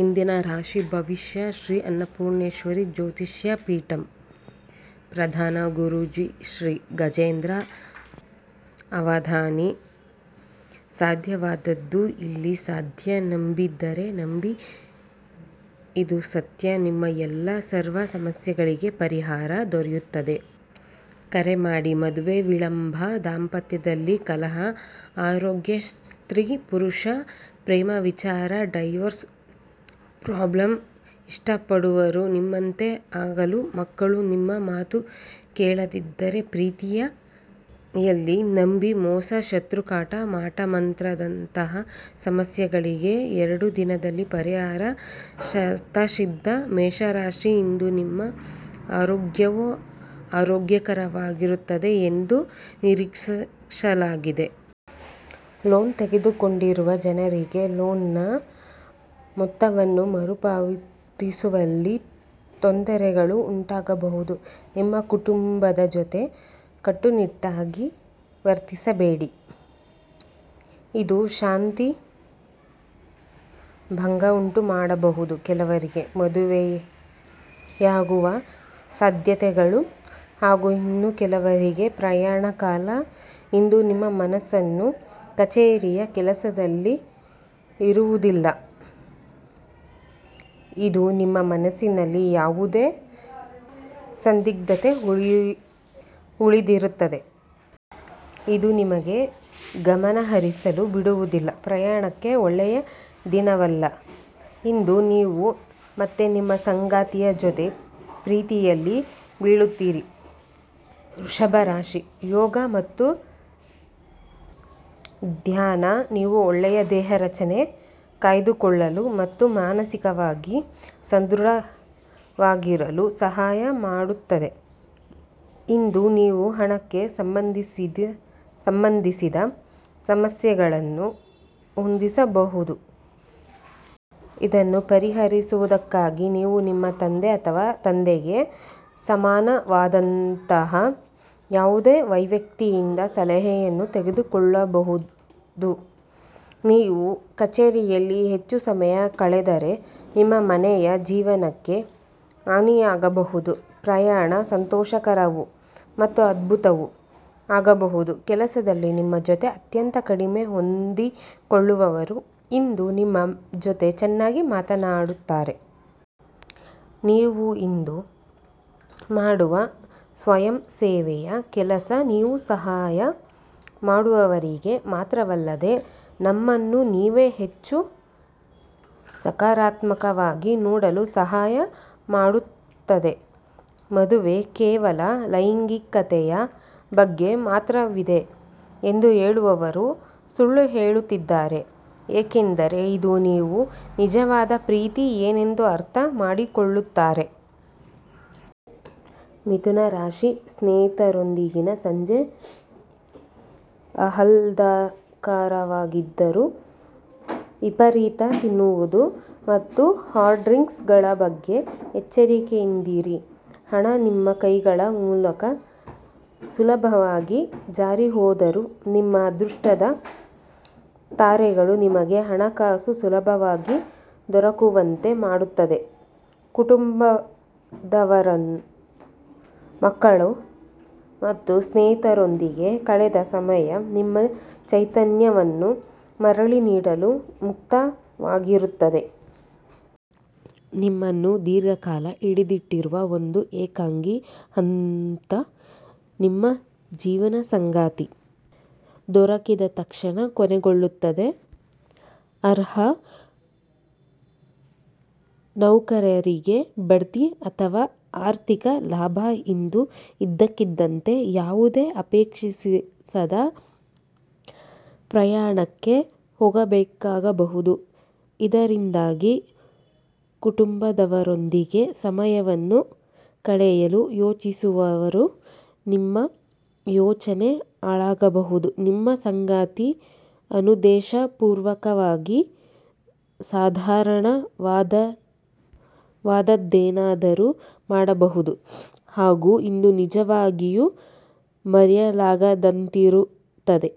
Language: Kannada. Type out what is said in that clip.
ಇಂದಿನ ರಾಶಿ ಭವಿಷ್ಯ. ಶ್ರೀ ಅನ್ನಪೂರ್ಣೇಶ್ವರಿ ಜ್ಯೋತಿಷ್ಯ ಪೀಠಂ. ಪ್ರಧಾನ ಗುರೂಜಿ ಶ್ರೀ ಗಜೇಂದ್ರ ಅವಧಾನಿ. ಸಾಧ್ಯವಾದದ್ದು ಇಲ್ಲಿ ಸಾಧ್ಯ ನಂಬಿದರೆ ನಂಬಿ ಇದು ಸತ್ಯ. ನಿಮ್ಮ ಎಲ್ಲಾ ಸರ್ವ ಸಮಸ್ಯೆಗಳಿಗೆ ಪರಿಹಾರ ದೊರೆಯುತ್ತದೆ. ಕರೆ ಮಾಡಿ. ಮದುವೆ ವಿಳಂಬ, ದಾಂಪತ್ಯದಲ್ಲಿ ಕಲಹ, ಆರೋಗ್ಯ, ಸ್ತ್ರೀ ಪುರುಷಾ ಪ್ರೇಮ ವಿಚಾರ, ಡೈವರ್ಸ್ ಪ್ರಾಬ್ಲಮ್, ಇಷ್ಟಪಟ್ಟವರು ನಿಮ್ಮಂತೆ ಆಗಲು, ಮಕ್ಕಳು ನಿಮ್ಮ ಮಾತು ಕೇಳದಿದ್ದರೆ, ಪ್ರೀತಿಯಲ್ಲಿ ನಂಬಿ ಮೋಸ, ಶತ್ರು ಕಾಟ, ಮಾಟ ಮಂತ್ರದಂತಹ ಸಮಸ್ಯೆಗಳಿಗೆ ಎರಡು ದಿನದಲ್ಲಿ ಪರಿಹಾರ ಶತಸಿದ್ಧ ಮೇಷ ರಾಶಿ: ಇಂದು, ನಿಮ್ಮ ಆರೋಗ್ಯವು ಆರೋಗ್ಯಕರವಾಗಿರುತ್ತದೆ ಎಂದು ನಿರೀಕ್ಷಿಸಲಾಗಿದೆ. ಲೋನ್ ತೆಗೆದುಕೊಂಡಿರುವ ಜನರಿಗೆ ಲೋನ್ ನ ಮೊತ್ತವನ್ನು ಮರುಪಾವತಿಸುವಲ್ಲಿ ತೊಂದರೆಗಳು ಉಂಟಾಗಬಹುದು. ನಿಮ್ಮ ಕುಟುಂಬದ ಜೊತೆ ಕಟ್ಟುನಿಟ್ಟಾಗಿ ವರ್ತಿಸಬೇಡಿ. ಇದು ಶಾಂತಿ ಭಂಗವುಂಟುಮಾಡಬಹುದು. ಕೆಲವರಿಗೆ ಮದುವೆಯಾಗುವ ಸಾಧ್ಯತೆಗಳು ಹಾಗೂ ಇನ್ನೂ ಕೆಲವರಿಗೆ ಪ್ರಣಯ ಕಾಲ. ಇಂದು ನಿಮ್ಮ ಮನಸ್ಸು ಕಚೇರಿಯ ಕೆಲಸದಲ್ಲಿ ಇರುವುದಿಲ್ಲ. ಇಂದು ನಿಮ್ಮ ಮನಸ್ಸಿನಲ್ಲಿ ಯಾವುದೇ ಸಂದಿಗ್ಧತೆ ಉಳಿದಿರುತ್ತದೆ. ಇದು ನಿಮಗೆ ಗಮನಹರಿಸಲು ಬಿಡುವುದಿಲ್ಲ. ಪ್ರಯಾಣಕ್ಕೆ ಒಳ್ಳೆಯ ದಿನವಲ್ಲ. ಇಂದು, ನೀವು ಮತ್ತೆ ನಿಮ್ಮ ಸಂಗಾತಿಯ ಜೊತೆ ಪ್ರೀತಿಯಲ್ಲಿ ಬೀಳುತ್ತೀರಿ. ವೃಷಭ ರಾಶಿ: ಯೋಗ ಮತ್ತು ಧ್ಯಾನ ನೀವು ಒಳ್ಳೆಯ ದೇಹರಚನೆ ಕಾಯ್ದುಕೊಳ್ಳಲು ಮತ್ತು ಮಾನಸಿಕವಾಗಿ ಸಧೃಢವಾಗಿರಲು ಸಹಾಯ ಮಾಡುತ್ತದೆ. ಇಂದು ನೀವು ಹಣಕ್ಕೆ ಸಂಬಂಧಿಸಿದ ಸಮಸ್ಯೆಯನ್ನು ಹೊಂದಿರಬಹುದು. ಇದನ್ನು ಪರಿಹರಿಸುವುದಕ್ಕಾಗಿ ನೀವು ನಿಮ್ಮ ತಂದೆ ಅಥವಾ ತಂದೆಗೆ ಸಮಾನವಾದಂತಹ ಯಾವುದೇ ವೈವ್ಯಕ್ತಿಯಿಂದ ಸಲಹೆಯನ್ನು ತೆಗೆದುಕೊಳ್ಳಬಹುದು. ನೀವು ಕಛೇರಿಯಲ್ಲಿ ಹೆಚ್ಚು ಸಮಯ ಕಳೆದರೆ ನಿಮ್ಮ ಮನೆಯ ಜೀವನಕ್ಕೆ ಹಾನಿಯಾಗಬಹುದು. ಪ್ರಣಯ ಸಂತೋಷಕರವೂ ಮತ್ತು ಅದ್ಭುತವೂ ಆಗಬಹುದು. ಕೆಲಸದಲ್ಲಿ ನಿಮ್ಮ ಜೊತೆ ಅತ್ಯಂತ ಕಡಿಮೆ ಹೊಂದಿಕೊಳ್ಳುವವರು ಇಂದು ನಿಮ್ಮ ಜೊತೆ ಚೆನ್ನಾಗಿ ಮಾತನಾಡುತ್ತಾರೆ. ನೀವು ಇಂದು ಮಾಡುವ ಸ್ವಯಂ ಸೇವೆಯ ಕೆಲಸ ನೀವು ಸಹಾಯ ಮಾಡುವವರಿಗೆ ಮಾತ್ರವಲ್ಲದೇ ನಮ್ಮನ್ನು ನೀವೇ ಹೆಚ್ಚು ಸಕಾರಾತ್ಮಕವಾಗಿ ನೋಡಲು ಸಹಾಯ ಮಾಡುತ್ತದೆ. ಮದುವೆ ಕೇವಲ ಲೈಂಗಿಕತೆಯ ಬಗ್ಗೆ ಮಾತ್ರವಿದೆ ಎಂದು ಹೇಳುವವರು, ಸುಳ್ಳು ಹೇಳುತ್ತಿದ್ದಾರೆ. ಏಕೆಂದರೆ ಇಂದು, ನೀವು ನಿಜವಾದ ಪ್ರೀತಿ ಏನೆಂದು ಅರ್ಥ ಮಾಡಿಕೊಳ್ಳುತ್ತಾರೆ. ಮಿಥುನ ರಾಶಿ: ಸ್ನೇಹಿತರೊಂದಿಗಿನ ಸಂಜೆ ಆಹ್ಲಾದಕರವಾಗಿದ್ದರೂ ವಿಪರೀತ ತಿನ್ನುವುದು ಮತ್ತು ಹಾರ್ಡ್ ಡ್ರಿಂಕ್ ಗಳ ಬಗ್ಗೆ ಎಚ್ಚರಿಕೆಯಿಂದಿರಿ. ಹಣ ನಿಮ್ಮ ಕೈಗಳ ಮೂಲಕ ಸುಲಭವಾಗಿ ಜಾರಿಹೋದರೂ – ನಿಮ್ಮ ಅದೃಷ್ಟದ ತಾರೆಗಳು ನಿಮಗೆ ಹಣಕಾಸು ಸುಲಭವಾಗಿ ದೊರಕುವಂತೆ ಮಾಡುತ್ತದೆ. ಕುಟುಂಬದವರು, ಮಕ್ಕಳು ಮತ್ತು ಸ್ನೇಹಿತರೊಂದಿಗೆ ಕಳೆದ ಸಮಯ ನಿಮ್ಮ ಚೈತನ್ಯವನ್ನು ಮರಳಿ ನೀಡಲು ಮುಕ್ತವಾಗಿರುತ್ತದೆ. ನಿಮ್ಮನ್ನು ದೀರ್ಘಕಾಲ ಹಿಡಿದಿಟ್ಟಿರುವ ಒಂದು ಏಕಾಂಗಿ ಹಂತ ನಿಮ್ಮ ಜೀವನ ಸಂಗಾತಿ ದೊರಕಿದ ತಕ್ಷಣ ಕೊನೆಗೊಳ್ಳುತ್ತದೆ. ಅರ್ಹ ನೌಕರರಿಗೆ ಬಡ್ತಿ ಅಥವಾ ಆರ್ಥಿಕ ಲಾಭ. ಇಂದು ಇದ್ದಕ್ಕಿದ್ದಂತೆ ಯಾವುದೇ ಅಪೇಕ್ಷಿಸದ ಪ್ರಯಾಣಕ್ಕೆ ಹೋಗಬೇಕಾಗಬಹುದು. ಇದರಿಂದಾಗಿ ಕುಟುಂಬದವರೊಂದಿಗೆ ಸಮಯವನ್ನು ಕಳೆಯಲು ಯೋಜಿಸಿರುವ ನಿಮ್ಮ ಯೋಜನೆ ಹಾಳಾಗಬಹುದು. ನಿಮ್ಮ ಸಂಗಾತಿ ಅನುದ್ದೇಶಪೂರ್ವಕವಾಗಿ ಅಸಾಧಾರಣವಾದದ್ದೇನಾದರೂ ಮಾಡಬಹುದು ಹಾಗೂ ಇದು ನಿಜವಾಗಿಯೂ ಮರೆಯಲಾಗದಂತಿರುತ್ತದೆ.